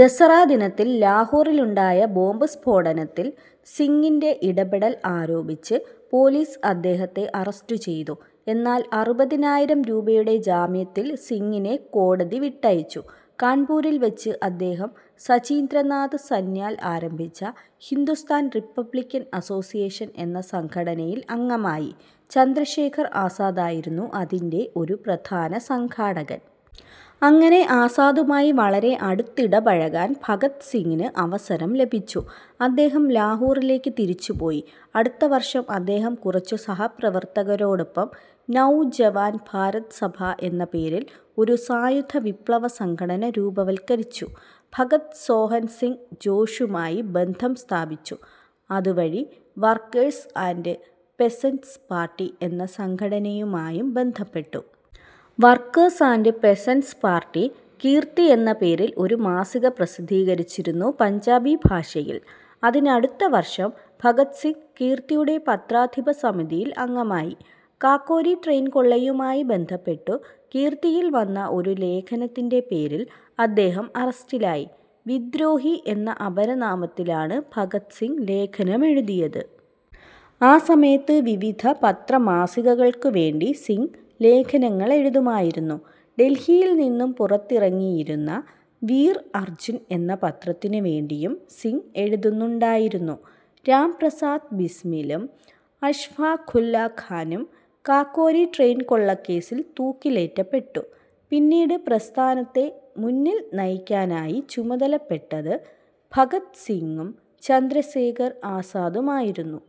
ദസ്സറ ദിനത്തിൽ ലാഹോറിലുണ്ടായ ബോംബുസ്ഫോടനത്തിൽ സിംഗിൻ്റെ ഇടപെടൽ ആരോപിച്ച് പോലീസ് അദ്ദേഹത്തെ അറസ്റ്റു ചെയ്തു. എന്നാൽ അറുപതിനായിരം രൂപയുടെ ജാമ്യത്തിൽ സിംഗിനെ കോടതി വിട്ടയച്ചു. കാൺപൂരിൽ വച്ച് അദ്ദേഹം സചീന്ദ്രനാഥ് സന്യാൽ ആരംഭിച്ച ഹിന്ദുസ്ഥാൻ റിപ്പബ്ലിക്കൻ അസോസിയേഷൻ എന്ന സംഘടനയിൽ അംഗമായി. ചന്ദ്രശേഖർ ആസാദായിരുന്നു അതിൻ്റെ ഒരു പ്രധാന സംഘാടകൻ. അങ്ങനെ ആസാദുമായി വളരെ അടുത്തിടപഴകാൻ ഭഗത് സിംഗിന് അവസരം ലഭിച്ചു. അദ്ദേഹം ലാഹോറിലേക്ക് തിരിച്ചു പോയി. അടുത്ത വർഷം അദ്ദേഹം കുറച്ചു സഹപ്രവർത്തകരോടൊപ്പം നൗജവാൻ ഭാരത് സഭ എന്ന പേരിൽ ഒരു സായുധ വിപ്ലവസംഘടന രൂപവത്കരിച്ചു. ഭഗത് സോഹൻസിംഗ് ജോഷുമായി ബന്ധം സ്ഥാപിച്ചു, അതുവഴി വർക്കേഴ്സ് ആൻഡ് പെസൻ്റ്സ് പാർട്ടി എന്ന സംഘടനയുമായും ബന്ധപ്പെട്ടു. Workers and peasants party Kirti എന്ന പേരിൽ ഒരു മാസിക പ്രസിദ്ധീകരിച്ചിരുന്നു പഞ്ചാബി ഭാഷയിൽ. അതിനടുത്ത വർഷം ഭഗത് സിംഗ് കീർത്തിയുടെ പത്രാധിപ സമിതിയിൽ അംഗമായി. കാക്കോരി ട്രെയിൻ കൊള്ളയുമായി ബന്ധപ്പെട്ടു കീർത്തിയിൽ വന്ന ഒരു ലേഖനത്തിൻ്റെ പേരിൽ അദ്ദേഹം അറസ്റ്റിലായി. വിദ്രോഹി എന്ന അപരനാമത്തിലാണ് ഭഗത് സിംഗ് ലേഖനമെഴുതിയത്. ആ സമയത്ത് വിവിധ പത്രമാസികകൾക്കുവേണ്ടി സിംഗ് ലേഖനങ്ങളെഴുതുമായിരുന്നു. ഡൽഹിയിൽ നിന്നും പുറത്തിറങ്ങിയിരുന്ന വീർ അർജ്ജുൻ എന്ന പത്രത്തിനു വേണ്ടിയും സിംഗ് എഴുതുന്നുണ്ടായിരുന്നു. രാം പ്രസാദ് ബിസ്മിലും, അഷ്ഫാഖുല്ല ഖാനും കാകോരി ട്രെയിൻ കൊള്ളകേസിൽ തൂക്കിലേറ്റപ്പെട്ടു. പിന്നീട് പ്രസ്ഥാനത്തെ മുന്നിൽ നയിക്കാനായി ചുമതലപ്പെട്ടത് ഭഗത് സിംഗും, ചന്ദ്രശേഖർ ആസാദുമായിരുന്നു.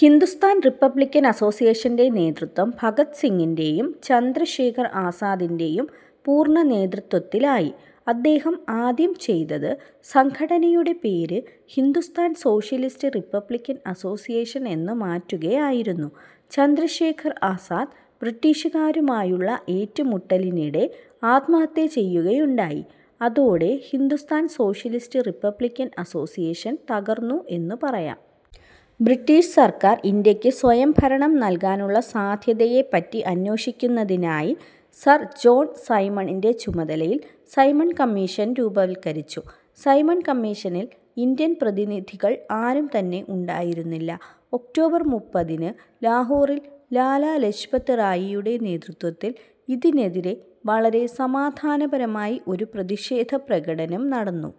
ഹിന്ദുസ്ഥാൻ റിപ്പബ്ലിക്കൻ അസോസിയേഷൻ്റെ നേതൃത്വം ഭഗത് സിംഗിൻ്റെയും ചന്ദ്രശേഖർ ആസാദിൻ്റെയും പൂർണ്ണ നേതൃത്വത്തിലായി. അദ്ദേഹം ആദ്യം ചെയ്തത് സംഘടനയുടെ പേര് ഹിന്ദുസ്ഥാൻ സോഷ്യലിസ്റ്റ് റിപ്പബ്ലിക്കൻ അസോസിയേഷൻ എന്നു മാറ്റുകയായിരുന്നു. ചന്ദ്രശേഖർ ആസാദ് ബ്രിട്ടീഷുകാരുമായുള്ള ഏറ്റുമുട്ടലിനിടെ ആത്മഹത്യ ചെയ്യുകയുണ്ടായി, അതോടെ ഹിന്ദുസ്ഥാൻ സോഷ്യലിസ്റ്റ് റിപ്പബ്ലിക്കൻ അസോസിയേഷൻ തകർന്നു എന്നു പറയാം. ബ്രിട്ടീഷ് സർക്കാർ ഇന്ത്യക്ക് സ്വയംഭരണം നൽകാനുള്ള സാധ്യതയെപ്പറ്റി അന്വോഷിക്കുന്നതിനായി സർ ജോൺ സൈമണിൻ്റെ ചുമതലയിൽ സൈമൺ കമ്മീഷൻ രൂപവൽകരിച്ചു. സൈമൺ കമ്മീഷനിൽ ഇന്ത്യൻ പ്രതിനിധികൾ ആരും തന്നെ ഉണ്ടായിരുന്നില്ല. ഒക്ടോബർ മുപ്പതിന് ലാഹോറിൽ ലാലാ ലജ്പത് റായിയുടെ നേതൃത്വത്തിൽ ഇതിനെതിരെ വളരെ സമാധാനപരമായി ഒരു പ്രതിഷേധപ്രകടനം നടന്നു.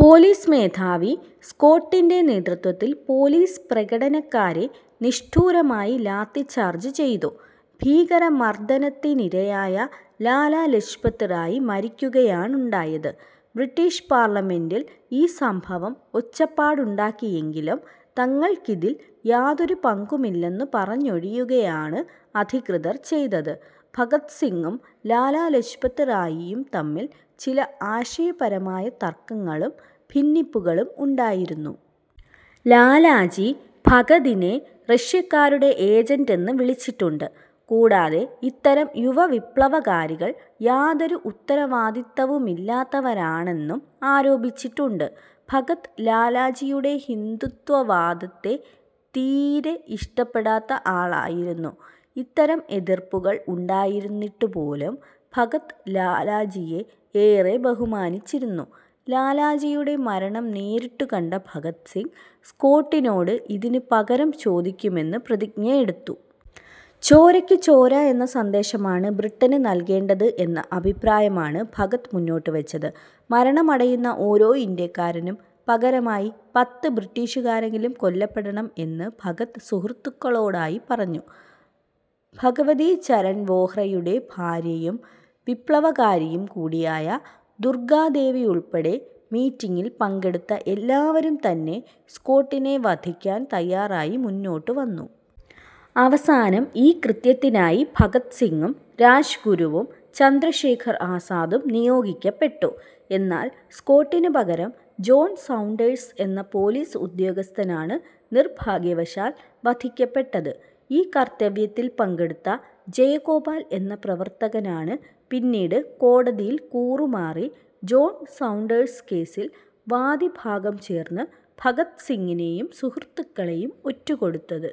പോലീസ് മേധാവി സ്കോട്ടിൻ്റെ നേതൃത്വത്തിൽ പോലീസ് പ്രകടനക്കാരെ നിഷ്ഠൂരമായി ലാത്തിച്ചാർജ് ചെയ്തു. ഭീകരമർദ്ദനത്തിനിരയായ ലാലാ ലജ്പത് റായി മരിക്കുകയാണുണ്ടായത്. ബ്രിട്ടീഷ് പാർലമെൻ്റിൽ ഈ സംഭവം ഒച്ചപ്പാടുണ്ടാക്കിയെങ്കിലും, തങ്ങൾക്കിതിൽ യാതൊരു പങ്കുമില്ലെന്നു പറഞ്ഞൊഴിയുകയാണ് അധികൃതർ ചെയ്തത്. ഭഗത് സിംഗും ലാലാ ലജ്പത് റായിയും തമ്മിൽ ചില ആശയപരമായ തർക്കങ്ങളും ഭിന്നിപ്പുകളും ഉണ്ടായിരുന്നു. ലാലാജി ഭഗതിനെ റഷ്യക്കാരുടെ ഏജൻ്റ് എന്ന് വിളിച്ചിട്ടുണ്ട്, കൂടാതെ ഇത്തരം യുവവിപ്ലവകാരികൾ യാതൊരു ഉത്തരവാദിത്തവുമില്ലാത്തവരാണെന്നും ആരോപിച്ചിട്ടുണ്ട്. ഭഗത് ലാലാജിയുടെ ഹിന്ദുത്വവാദത്തെ തീരെ ഇഷ്ടപ്പെടാത്ത ആളായിരുന്നു. ഇത്തരം എതിർപ്പുകൾ ഉണ്ടായിരുന്നിട്ടുപോലും ഭഗത് ലാലാജിയെ ഏറെ ബഹുമാനിച്ചിരുന്നു. ലാലാജിയുടെ മരണം നേരിട്ടു കണ്ട ഭഗത് സിംഗ് സ്കോട്ടിനോട് ഇതിന് പകരം ചോദിക്കുമെന്ന് പ്രതിജ്ഞയെടുത്തു. ചോരക്കു ചോര എന്ന സന്ദേശമാണ് ബ്രിട്ടന് നൽകേണ്ടത് എന്ന അഭിപ്രായമാണ് ഭഗത് മുന്നോട്ടു വെച്ചത്. മരണമടയുന്ന ഓരോ ഇന്ത്യക്കാരനും പകരമായി പത്ത് ബ്രിട്ടീഷുകാരെങ്കിലും കൊല്ലപ്പെടണം എന്ന് ഭഗത് സുഹൃത്തുക്കളോടായി പറഞ്ഞു. ഭഗവതീ ചരൺ വോഹ്രയുടെ ഭാര്യയും വിപ്ലവകാരിയും കൂടിയായ ദുർഗ്ഗാദേവിയുൾപ്പെടെ മീറ്റിംഗിൽ പങ്കെടുത്ത എല്ലാവരും തന്നെ സ്കോട്ടിനെ വധിക്കാൻ തയ്യാറായി മുന്നോട്ടു വന്നു. അവസാനം ഈ കൃത്യത്തിനായി ഭഗത് സിംഗും, രാജ്ഗുരുവും, ചന്ദ്രശേഖർ ആസാദും നിയോഗിക്കപ്പെട്ടു. എന്നാൽ സ്കോട്ടിനു പകരം ജോൺ സൗണ്ടേഴ്സ് എന്ന പോലീസ് ഉദ്യോഗസ്ഥനാണ് നിർഭാഗ്യവശാൽ വധിക്കപ്പെട്ടത്. ഈ കർത്തവ്യത്തിൽ പങ്കെടുത്ത ജയഗോപാൽ എന്ന പ്രവർത്തകനാണ് പിന്നീട് കോടതിയിൽ കൂറുമാറി ജോൺ സൗണ്ടേഴ്സ് കേസിൽ വാദിഭാഗം ചേർന്ന് ഭഗത് സിംഗിനെയും സുഹൃത്തുക്കളെയും ഒറ്റുകൊടുത്തത്.